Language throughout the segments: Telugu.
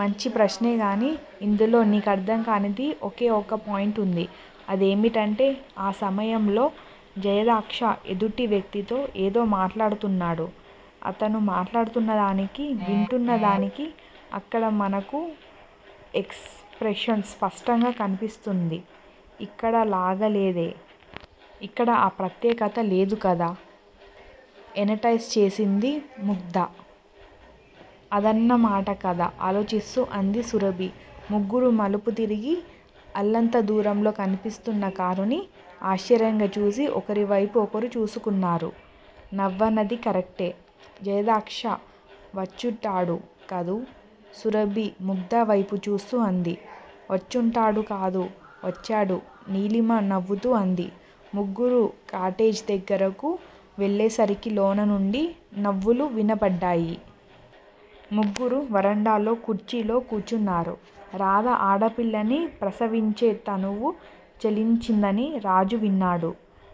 మంచి ప్రశ్నేగానీ ఇందులో నీకర్ధంకానిది ఒకే ఒక పాయింట్ వుంది. అదేమిటంటే ఆ సమయంలో జయాధ్యక్ష ఎదుటి వ్యక్తితో ఏదో మాట్లాడుతున్నాడు. అతను మాట్లాడుతున్నదానికి, వింటున్న దానికి అక్కడ మనకు ఎక్స్ ప్రెషన్ స్పష్టంగా కన్పిస్తోంది. ఇక్కడ లాగలేదే. ఇక్కడ ఆ ప్రత్యేకత లేదు కదా యనటైజ్ చేసింది ముగ్ధ. అదన్నమాట కధ ఆలోచిస్తూ అంది సురభి. ముగ్గురూ మలుపు తిరిగి, అల్లంత దూరంలో కన్పిస్తున్న కారుని ఆశ్చర్యంగా చూసి, ఒకరి వైపు ఒకరు చూసుకున్నారు. నవ్వన్నది కరక్టే జయాధ్యక్ష వచ్చుంటాడు కదూ సురభి ముగ్ధవేపు చూస్తూ అంది. వచ్చుంటాడు కాదు. వచ్చాడు నీలిమ నవ్వుతూ అంది. ముగ్గురూ కాటేజ్ దగ్గరకు వెళ్ళేసరికి లోన నుండి నవ్వులు వినపడ్డాయి. ముగ్గురూ వరండాలో కుర్చీల్లో కూర్చున్నారు. రాధ ఆడపిల్లని ప్రసవించి తనువు చలించిందని రాజు విన్నాడు.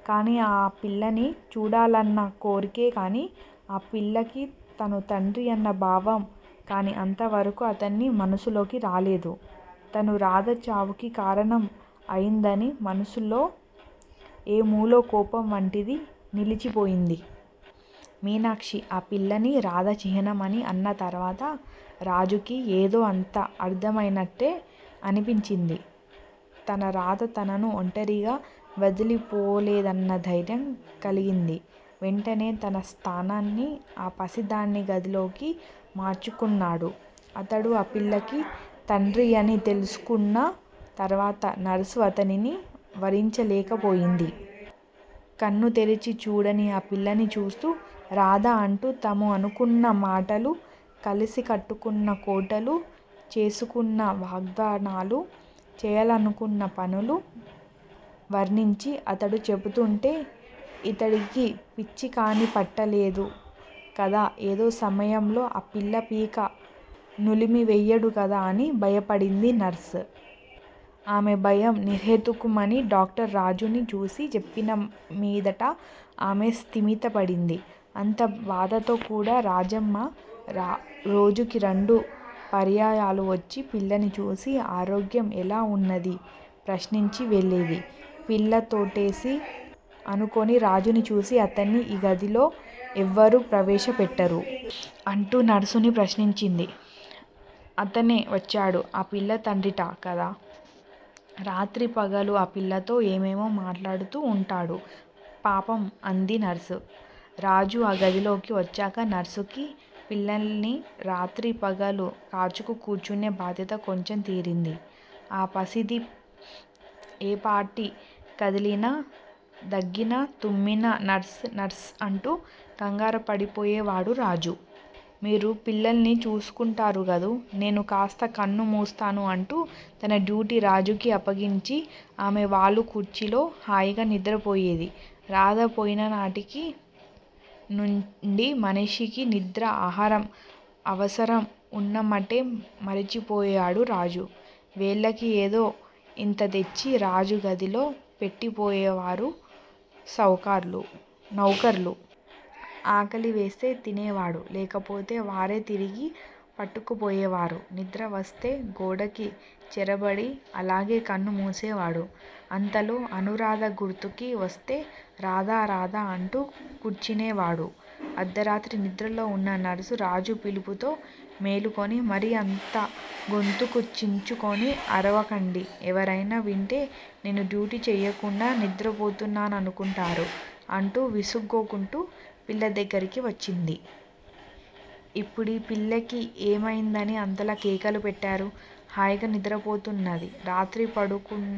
కాని ఆ పిల్లని చూడాలన్న కోర్కె కాని, ఆ పిల్లకి తను తండ్రి అన్న భావం కాని అంతవరకూ అతని మనసులోకి రాలేదు. తను రాధ చావుకి కారణం అయిందని మనసులో ఏ మూలో కోపం వంటిది నిలిచిపోయింది. మీనాక్షి ఆ పిల్లని రాధ చిహ్నం అని అన్న తరవాత రాజుకి యేదో అంతా అర్ధమయినట్లే అనిపించింది. తన రాధ తనను ఒంటరిగా వదిలిపోలేదన్న ధైర్యం కలిగింది. వెంటనే తన స్థానాన్ని ఆ పసిదాని గదిలోకి మార్చుకొన్నాడు. అతడు ఆ పిల్లకి తండ్రి అని తెలుసుకొన్న తరవాత నర్సు అతనిని వరించలేక పోయింది. కన్ను తెరిచి చూడని ఆ పిల్లని చూస్తూ 'రాధా' అంటూ తము అనుకొన్న మాటలు, కలిసి కట్టుకొన్న కోటలు, చేసుకొన్న వాగ్ధానాలు, చేయాలనుకొన్న పనులు వర్ణించి అతడు చెబుతూంటే 'ఇతడికి పిచ్చికాని పట్టలేదు కదా? ఏదో సమయంలో ఆ పిల్ల పీక నులిమివేయడు కదా? ' అని భయపడింది నర్సు. ఆమె భయం నిర్హేతుకమని డాక్టరు రాజుని చూసి చెప్పిన మీదట ఆమె స్థిమితపడింది. అంత బాధతో కూడా రాజమ్మ రోజుకి రెండు పర్యాయాలు వచ్చి పిల్లని చూసి, ఆరోగ్యం ఎలా ఉన్నదీ ప్రశ్నించి వెళ్ళేది. పిల్ల తొట్టెకి ఆనుకొని రాజుని చూసి అతన్ని ఈ గదిలో యెవరు ప్రవేశ పెట్టేరు? అంటూ నర్సుని ప్రశ్నించింది. అతనే వచ్చాడు. ఆ పిల్ల తండ్రిట కదా! రాత్రీ పగలూ ఆ పిల్లతో ఏమేమో మాట్లాడుతూ ఉంటాడు, పాపం అంది నర్సు. రాజు ఆ గదిలోకి వచ్చాక నర్సుకి పిల్లని రాత్రి, పగలు కాచుకు కూర్చునే బాధ్యత కొంత తీరింది. ఆ పసిది ఏపాటి కదిలినా, దగ్గినా, తుమ్మినా నర్సు నర్సు అంటూ కంగారుపడిపోయేవాడు రాజు. మీరు పిల్లని చూస్తూంటారు కదూ. నేను కాస్త కన్ను మూస్తాను అంటూ తన డ్యూటీ రాజుకి అప్పగించి ఆమె వాలు కుర్చీలో హాయిగా నిద్రపోయేది. రాధ పోయిననాటికి నుండి మనిషికి నిద్రా, ఆహారం అవసరం అన్నమాటే మరిచిపోయేడు రాజు. వేళకి ఏదో ఇంత తెచ్చి రాజు గదిలో పెట్టిపోయేవారు నౌకర్లు. ఆకలివేస్తే తినేవాడు. లేకపోతే వారే తిరిగి పట్టుకుపోయేవారు. నిద్రవస్తే గోడకి చేరబడి అలాగే కన్ను మూసేవాడు. అంతలో అనూరాధ గుర్తుకి వస్తే రాధా, రాధా! అంటూ కూర్చునేవాడు. అర్దరాత్రి నిద్రలో ఉన్న నర్సు రాజు పిలుపుతో మేలుకొని, మరీ అంత గొంతుకు చించుకొని అరవకండి, ఎవరైనా వింటే నేను డ్యూటీ చెయ్యకుండా నిద్రపోతున్నాననుకొంటారు అంటూ విసుగుకొంటూ పిల్ల దగ్గరికి వచ్చింది. ఇప్పుడీ పిల్లకి ఏమయిందని అంతలా కేకలు పెట్టారు? హాయిగా నిద్రపోతున్నది. రాత్రి పొడుగునా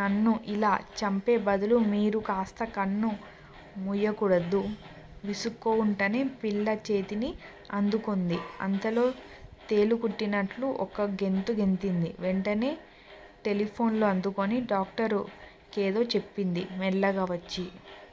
నన్ను ఇలా చంపే బదులు మీరూ కాస్త కన్ను ముయ్యకూడదూ? విసుక్కొంటూనే పిల్ల చేతిని అందుకొంది. అంతలో తేలు కుట్టినట్లు ఒక్క గెంతు గెంతింది. వెంటనే టెలిఫోను అందుకొని డాక్టరు కేదో చెప్పింది. మెల్లగా వచ్చి